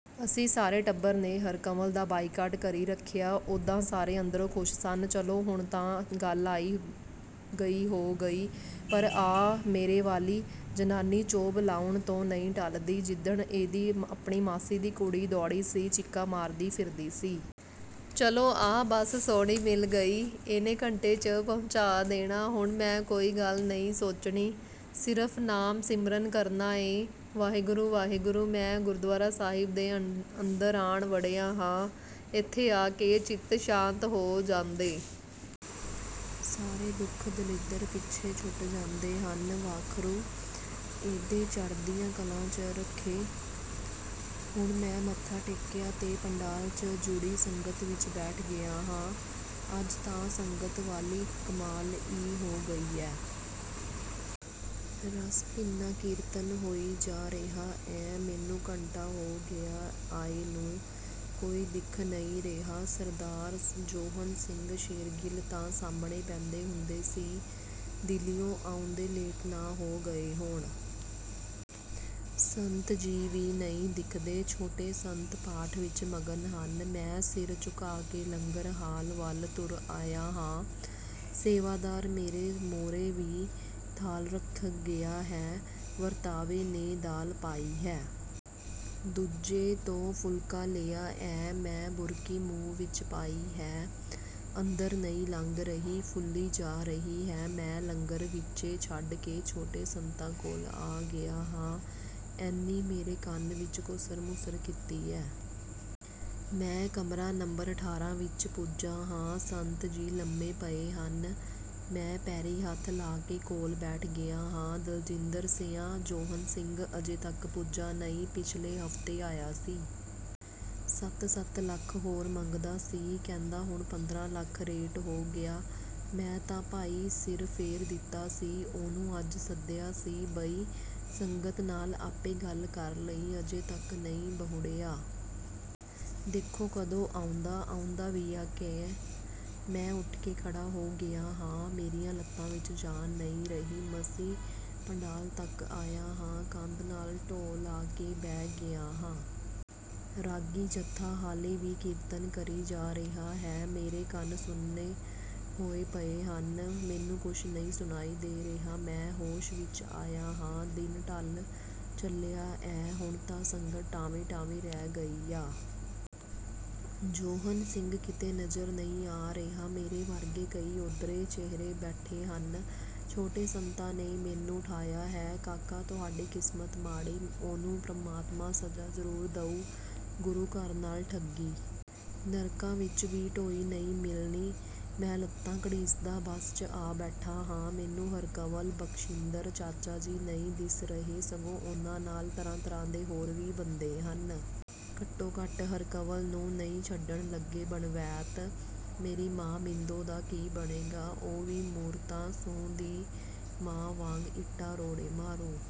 ਅਸੀਂ ਸਾਰੇ ਟੱਬਰ ਨੇ ਹਰਕੰਵਲ ਦਾ ਬਾਈਕਾਟ ਕਰੀ ਰੱਖਿਆ। ਉੱਦਾਂ ਸਾਰੇ ਅੰਦਰੋਂ ਖੁਸ਼ ਸਨ। ਚਲੋ, ਹੁਣ ਤਾਂ ਗੱਲ ਆਈ ਗਈ ਹੋ ਗਈ। ਪਰ ਆਹ ਮੇਰੇ ਵਾਲੀ ਜ਼ਨਾਨੀ ਚੋਭ ਲਾਉਣ ਤੋਂ ਨਈਂ ਟੱਲਦੀ। ਜਿੱਦਣ ਇਹਦੀ ਆਪਣੀ ਮਾਸੀ ਦੀ ਕੁੜੀ ਦੌੜੀ ਸੀ, ਚੀਕਾਂ ਮਾਰਦੀ ਫਿਰਦੀ ਸੀ। ਚਲੋ ਆਹ ਬੱਸ ਸੋਹਣੀ ਮਿਲ ਗਈ। ਇਹਨੇ ਘੰਟੇ 'ਚ ਪਹੁੰਚਾ ਦੇਣਾ। ਹੁਣ ਮੈਂ ਕੋਈ ਗੱਲ ਨਈਂ ਸੋਚਣੀ। ਸਿਰਫ਼ ਨਾਮ ਸਿਮਰਨ ਕਰਨਾਂ ਆ। ਵਾਹਿਗੁਰੂ… ਵਾਹਿਗੁਰੂ। ਮੈਂ ਗੁਰਦੁਆਰਾ ਸਾਹਿਬ ਦੇ ਅੰਦਰ ਆਣ ਵੜਿਆ ਹਾਂ। ਇੱਥੇ ਆ ਕੇ ਚਿੱਤ ਸ਼ਾਂਤ ਹੋ ਜਾਂਦੈ। ਸਾਰੇ ਦੁੱਖ ਦਲਿੱਦਰ ਪਿੱਛੇ ਛੁੱਟ ਜਾਂਦੇ ਹਨ। ਵਾਖਰੂ… ਇਦੈਂ ਚੜ੍ਹਦੀਆਂ ਕਲਾਂ 'ਚ ਰੱਖੇ। ਹੁਣ ਮੈਂ ਮੱਥਾ ਟੇਕਿਆ ਤੇ ਪੰਡਾਲ 'ਚ ਜੁੜੀ ਸੰਗਤ ਵਿੱਚ ਬੈਠ ਗਿਆ ਹਾਂ। ਅੱਜ ਤਾਂ ਸੰਗਤ ਵਾਲੀ ਕਮਾਲ ਈ ਹੋ ਗਈ ਆ। ਰਸ ਭਿੰਨਾ ਕੀਰਤਨ ਹੋਈ ਜਾ ਰਿਹਾ ਏ। ਮੈਨੂੰ ਘੰਟਾ ਹੋ ਗਿਆ ਆਏ ਨੂੰ। ਕੋਈ ਦਿਖ ਨਈਂ ਰਿਹਾ। ਸਰਦਾਰ ਜੌਹਨ ਸਿੰਘ ਸ਼ੇਰਗਿੱਲ ਤਾਂ ਸਾਹਮਣੇ ਬਹਿੰਦੇ ਹੁੰਦੇ ਸੀ। ਦਿੱਲੀਉਂ ਆਉਂਦੇ ਲੇਟ ਨਾ ਹੋ ਗਏ ਹੋਣ। ਸੰਤ ਜੀ ਵੀ ਨਈਂ ਦਿਖਦੇ। ਛੋਟੇ ਸੰਤ ਪਾਠ ਵਿੱਚ ਮਗਨ ਹਨ। ਮੈਂ ਸਿਰ ਝੁਕਾ ਕੇ ਲੰਗਰ ਹਾਲ ਵੱਲ ਤੁਰ ਆਇਆ ਹਾਂ। ਸੇਵਾਦਾਰ ਮੇਰੇ ਮੋਹਰੇ ਵੀ ਥਾਲ ਰੱਖ ਗਿਆ ਹੈ। ਵਰਤਾਵੇ ਨੇ ਦਾਲ ਪਾਈ ਹੈ। ਦੂਜੇ ਤੋਂ ਫੁਲਕਾ ਲਿਆ ਏ। ਮੈਂ ਬੁਰਕੀ ਮੂੰਹ ਵਿੱਚ ਪਾਈ ਹੈ। ਅੰਦਰ ਨਈਂ ਲੰਘ ਰਹੀ। ਫੁੱਲੀ ਜਾ ਰਹੀ ਹੈ। ਮੈਂ ਲੰਗਰ ਵਿਚੇ ਛੱਡ ਕੇ ਛੋਟੇ ਸੰਤਾਂ ਕੋਲ ਆ ਗਿਆ ਹਾਂ। ਇਹਨੀਂ ਮੇਰੇ ਕੰਨ ਵਿੱਚ ਘੁਸਰ ਮੁਸਰ ਕੀਤੀ ਏ। ਮੈਂ ਕਮਰਾ ਨੰਬਰ ਅਠਾਰਾਂ ਵਿੱਚ ਪੁੱਜਾ ਹਾਂ। ਸੰਤ ਜੀ ਲੰਮੇ ਪਏ ਹਨ। ਮੈਂ ਪੈਰੀਂ ਹੱਥ ਲਾ ਕੇ ਕੋਲ ਬੈਠ ਗਿਆ ਹਾਂ। "ਦਲਜਿੰਦਰ ਸਿਆਂ, ਜੌਹਨ ਸਿੰਘ ਅਜੇ ਤੱਕ ਪੁੱਜਾ ਨਈਂ। ਪਿਛਲੇ ਹਫ਼ਤੇ ਆਇਆ ਸੀ। ਸੱਤ-ਸੱਤ ਲੱਖ ਹੋਰ ਮੰਗਦਾ ਸੀ। ਕਹਿੰਦਾ ਹੁਣ ਪੰਦਰ੍ਹਾਂ ਲੱਖ ਰੇਟ ਹੋ ਗਿਆ। ਮੈਂ ਤਾਂ ਭਾਈ ਸਿਰ ਫੇਰ ਦਿੱਤਾ ਸੀ। ਉਹਨੂੰ ਅੱਜ ਸੱਦਿਆ ਸੀ, ਬਈ ਸੰਗਤ ਨਾਲ ਆਪੇ ਗੱਲ ਕਰ ਲਈਂ। ਅਜੇ ਤੱਕ ਨਈਂ ਬਹੁੜਿਆ। ਦੇਖੋ ਕਦੋਂ ਆਉਂਦਾ? ਆਉਂਦਾ ਵੀ ਆ ਕਿ…। " ਮੈਂ ਉੱਠ ਕੇ ਖੜ੍ਹਾ ਹੋ ਗਿਆ ਹਾਂ। ਮੇਰੀਆਂ ਲੱਤਾਂ ਵਿੱਚ ਜਾਨ ਨਈਂ ਰਹੀ। ਮਸੀਂ ਪੰਡਾਲ ਤੱਕ ਆਇਆ ਹਾਂ। ਕੰਧ ਨਾਲ ਢੋਅ ਲਾ ਕੇ ਬਹਿ ਗਿਆ ਹਾਂ। ਰਾਗੀ ਜਥਾ ਹਾਲੇ ਵੀ ਕੀਰਤਨ ਕਰੀ ਜਾ ਰਿਹਾ ਹੈ। ਮੇਰੇ ਕੰਨ ਸੁੰਨ ਹੋਏ ਪਏ ਹਨ। ਮੈਨੂੰ ਕੁਸ਼ ਨਈਂ ਸੁਣਾਈ ਦੇ ਰਿਹਾ। ਮੈਂ ਹੋਸ਼ ਵਿੱਚ ਆਇਆ ਹਾਂ। ਦਿਨ ਢੱਲ ਚੱਲਿਆ ਏ। ਹੁਣ ਤਾਂ ਸੰਗਤ ਟਾਵੀਂ-ਟਾਵੀਂ ਰਹਿ ਗਈ ਆ। ਜੌਹਨ ਸਿੰਘ ਕਿਤੇ ਨਜ਼ਰ ਨਈਂ ਆ ਰਿਹਾ। ਮੇਰੇ ਵਰਗੇ ਕਈ ਓਦਰੇ ਚਿਹਰੇ ਬੈਠੇ ਹਨ। ਛੋਟੇ ਸੰਤਾਂ ਨੇ ਮੈਨੂੰ ਉਠਾਇਆ ਹੈ। "ਕਾਕਾ, ਤੁਹਾਡੀ ਕਿਸਮਤ ਮਾੜੀ। ਉਹਨੂੰ ਪ੍ਰਮਾਤਮਾ ਸਜ਼ਾ ਜ਼ਰੂਰ ਦਊ। ਗੁਰੂ ਘਰ ਨਾਲ ਠੱਗੀ। ਨਰਕਾਂ ਵਿੱਚ ਵੀ ਢੋਈ ਨਈਂ ਮਿਲਣੀ। " ਮੈਂ ਲੱਤਾਂ ਘੜੀਸਦਾ ਬੱਸ 'ਚ ਆ ਬੈਠਾ ਹਾਂ। ਮੈਨੂੰ ਹਰਕੰਵਲ, ਬਖਸ਼ਿੰਦਰ, ਚਾਚਾ ਹੀ ਨਈਂ ਦਿਸ ਰਹੇ ਸਗੋਂ ਉਨ੍ਹਾਂ ਨਾਲ ਤਰ੍ਹਾਂ ਤਰ੍ਹਾਂ ਦੇ ਹੋਰ ਵੀ ਬੰਦੇ ਹਨ। ਘੱਟੋ ਘੱਟ ਹਰਕੰਵਲ ਨੂੰ ਨਈਂ ਛੱਡਣ ਲੱਗੇ ਬਣਵੈਤ। ਮੇਰੀ ਮਾਂ ਮਿੰਦੋ ਦਾ ਕੀ ਬਣੇਗਾ? ਉਹ ਵੀ ਮੂਰਤਾ ਸੁੰਹ ਦੀ ਮਾਂ ਵਾਂਗ ਇੱਟਾਂ ਰੋੜੇ ਮਾਰੂ।